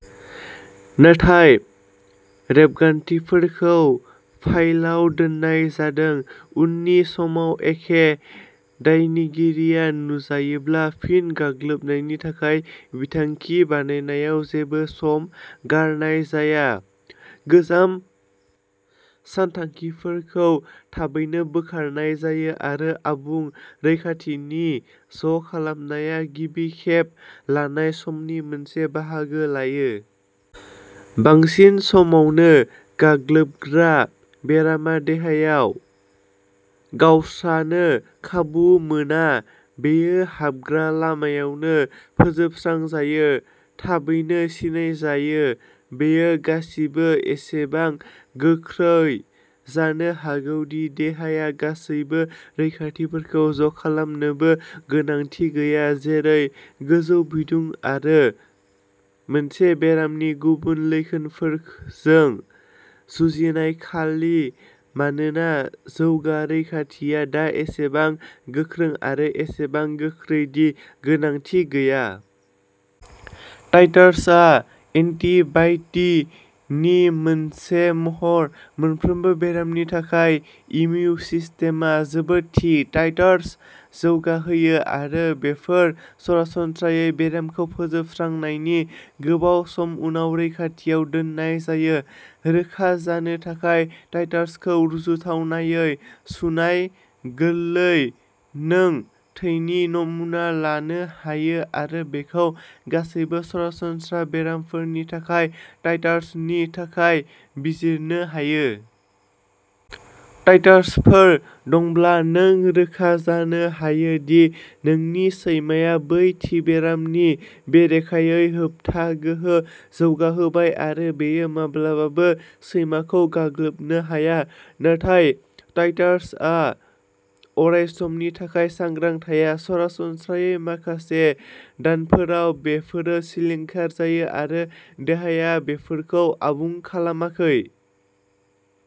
नाथाय रेबगान्थिफोरखौ फाइलाव दोननाय जादों। उननि समाव एखे दायनिगिरिआ नुजायोब्ला, फिन गाग्लोबनायनि थाखाय बिथांखि बानायनायाव जेबो सम गारनाय जाया-गोजाम सानथांखिफोरखौ थाबैनो बोखारनाय जायो, आरो आबुं रैखाथिनि ज'खालामनाया गिबि खेब लानाय समनि मोनसे बाहागो लायो। बांसिन समावनो, गाग्लोबग्रा बेरामा देहायाव गावस्रानो खाबु मोना-बेयो हाबग्रा लामायावनो फोजोबस्रांजायो, थाबैनो सिनायजायो! बेयो गासिबो एसेबां गोख्रै जानो हागौ दि देहाया गासैबो रैखाथिफोरखौ ज'खालामनोबो गोनांथि गैया, जेरै गोजौ बिदुं आरो मोनसे बेरामनि गुबुन लैखोनफोरजों जुजिनाय-खालि मानोना जौगा रैखाथिआ दा एसेबां गोख्रों आरो एसेबां गोख्रै दि गोनांथि गैया! टाइटार्सआ "एन्टि-बडी" नि मोनसे महर। मोनफ्रोमबो बेरामनि थाखाय, इमिउन सिस्टेमआ जोबोद थि टाइटार्स जौगाहोयो, आरो बेफोर सरासनस्रायै बेरामखौ फोजोबस्रांनायनि गोबाव सम उनाव रैखाथिआव दोननाय जायो। रोखा जानो थाखाय। टाइटार्सखौ रुजुथावनायै सुनाय गोरलै। नों थैनि नमुना लानो हायो आरो बेखौ गासैबो सरासनस्रा बेरामफोरनि थाखाय टाइटार्सनि थाखाय बिजिरनो हायो। टाइटार्सफोर दंब्ला, नों रोखा जानो हायो दि नोंनि सैमाया बै थि बेरामनि बेरेखायै होबथा गोहो जौगाहोबाय-आरो बेयो माब्लाबाबो सैमाखौ गाग्लोबनो हाया। नाथाय टाइटार्सआ अरायसमनि थाखाय सांग्रां थाया। सरासनस्रायै, माखासे दानफोराव, बेफोरो सिलिंखार जायो, आरो देहाया बेफोरखौ आबुं खालामाखै।